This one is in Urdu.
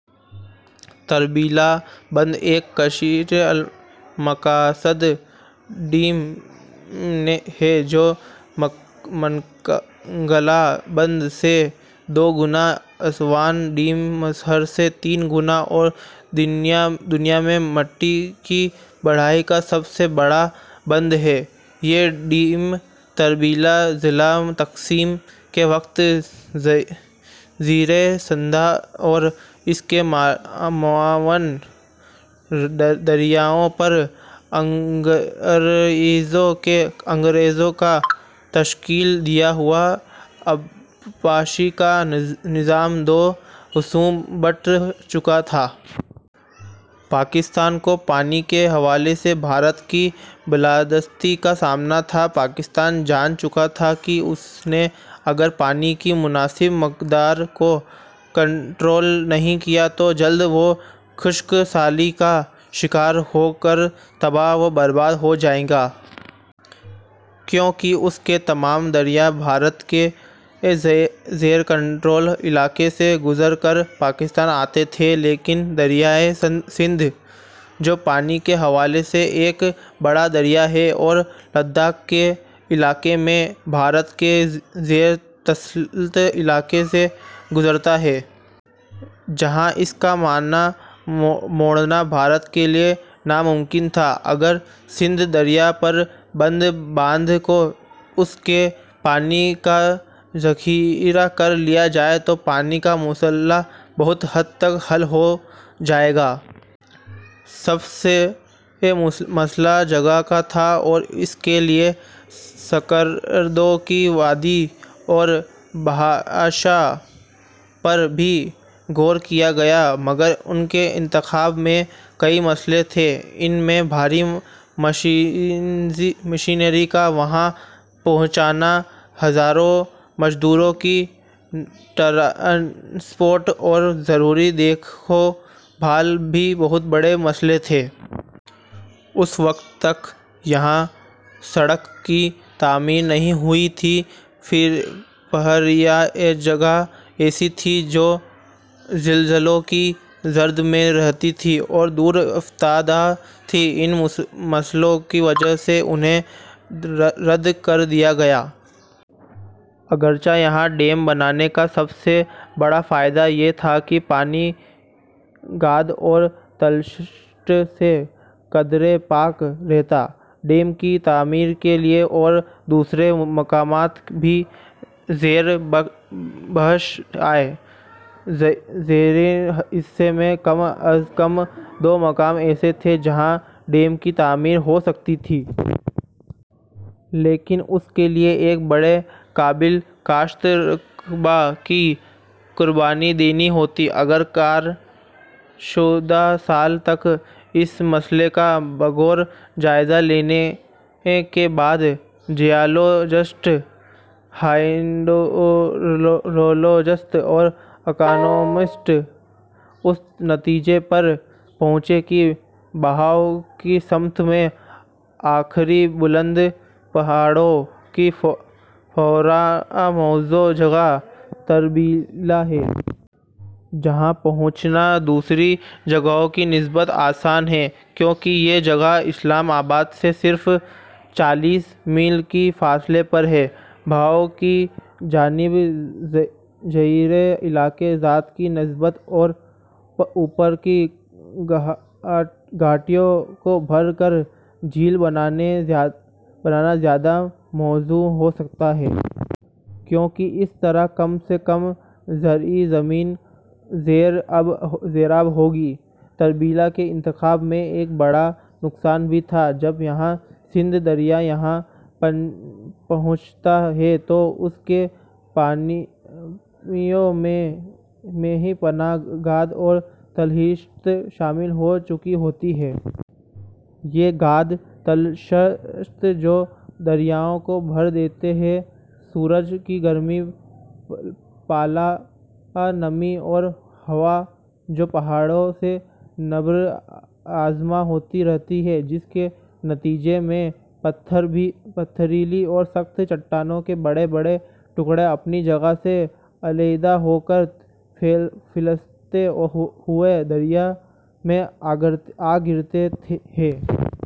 تربیلا بند ایک کثیر المقاصد ڈیم ہے جو منگلا بند سے دو گنا، اسوان ڈیم مصر سے تین گنا اور دنیا میں مٹی کی بھرائی کا سب سے بڑا بند ہے۔ یہ ڈیم تربیلا ، ضلع تقسیم کے وقت زیریں سندھ اور اس کے معاون دریاؤں پر انگریزوں کا تشکیل دیا ہوا آبپاشی کا نظام دو حصوں بٹ چکا تھا۔ پاکستان کو پانی کے حوالے سے بھارت کی بالادستی کا سامنا تھا۔ پاکستان جان چکا تھا کہ اس نے اگر پانی کی مناسب مقدار کو کنٹرول نہیں کیا تو جلد وہ خشک سالی کا شکار ہوکر تباہ وہ برباد ہوجائے گا۔ کیوں کہ اس کے تمام دریا بھارت کے زیر کنٹرول علاقہ سے گذر کر پاکستان آتے تھے۔ لیکن دریائے سندھ جو پانی کے حوالے سے ایک بڑا دریا ہے اور لداخ کے علاقہ میں بھارت کے زیر تسلط علاقے سے گزرتا ہے۔ جہاں اس کا منہ موڑنا بھارت کے لیے ناممکن تھا۔ اگر سندھ دریا پر بند باندھ کر اس کے پانی کا ذخیرہ کر لیا جائے تو پانی کا مسلہ بہت حد تک حل ہوجائے گا۔ سب سے مسلہ جگہ کا تھا اور اس کے لیے سکردو کی وادی اور بھاشاہ پر بھی غور کیا گیا، مگر ان کے انتخاب میں کئی مسلے تھے۔ ان میں بھاری مشینری کا وہاں پہچانا، ہزاروں مزدوروں کی ٹرانسپورٹ اور ضروری دیکھ بھال بھی بہت بڑے مسلے تھے۔ اس وقت تک یہاں سڑک کی تعمیر نہیں ہوئی تھی۔ پھر یہ جگہ ایسی تھی جو زلزلوں کی زرد میں رہتی تھی اور دور افتادہ تھی۔ ان مسلوں کی وجہ سے انھیں رد کر دیا گیا۔ اگرچہ یہاں ڈیم بنانے کا سب سے بڑا فائدہ یہ تھا کہ پانی گاد اور تلچھٹ سے قدرے پاک رہتا۔ ڈیم کی تعمیر کے لیے اور دوسرے مقامات بھی زیر بحث آئے۔ زیریں حصے میں کم از کم دو مقام ایسے تھے، جہاں ڈیم کی تعمیر ہو سکتی تھی۔ لیکن اس کے لیے ایک بڑے قابل کاشت رقبہ کی قربانی دینی ہوتی۔ آخر کار چودہ سال تک اس مسلہ کا بغور جائزہ لینے کے بعد جیالوجسٹ، ہائیڈرولوجست اور اکانومسٹ اس نتیجے پر پہنچے کہ بہاوَ کی سمت میں آخری بلند پہاڑیوں کے فوراً موزوں جگہ تربیلہ ہے۔ جہاں پہنچنا دوسری جگہوں کی نسبت آسان ہے۔ کیوں کہ یہ جگہ اسلام آباد سے صرف چالیس میل کے فاصلے پر ہے۔ بہاوَ کی جانب زیریں علاقہ جات کی نسبت اوپر کی گھاٹیوں کو بھر کر جھیل بنانا زیادہ موزوں ہو سکتا ہے۔ کیوں کہ اس طرح کم سے کم زرعی زمین زیر آب ہوگی۔ تربیلہ کے انتخاب میں ایک بڑا نقصان بھی تھا۔ جب یہاں سندھ دریا یہاں پہنچتا ہے تو اس کے پانیوں میں بے پناہ گاد اور تلچھٹ شامل ہو چکی ہوتی ہے۔ یہ گاد تلچھٹ جو دریاؤں کو بھر دیتے ہیں۔ سورج کی گرمی، پالا، نمی اور ہوا جو پہاڑوں سے نبر آزما ہوتی رہتی ہے۔ جس کے نتیجے میں پتھریلی اور سخت چٹانوں کے بڑے بڑے ٹکرے اپنی جگہ سے علحیدہ ہوکر پھسلتے ہوئے دریا میں آگرتے ہیں۔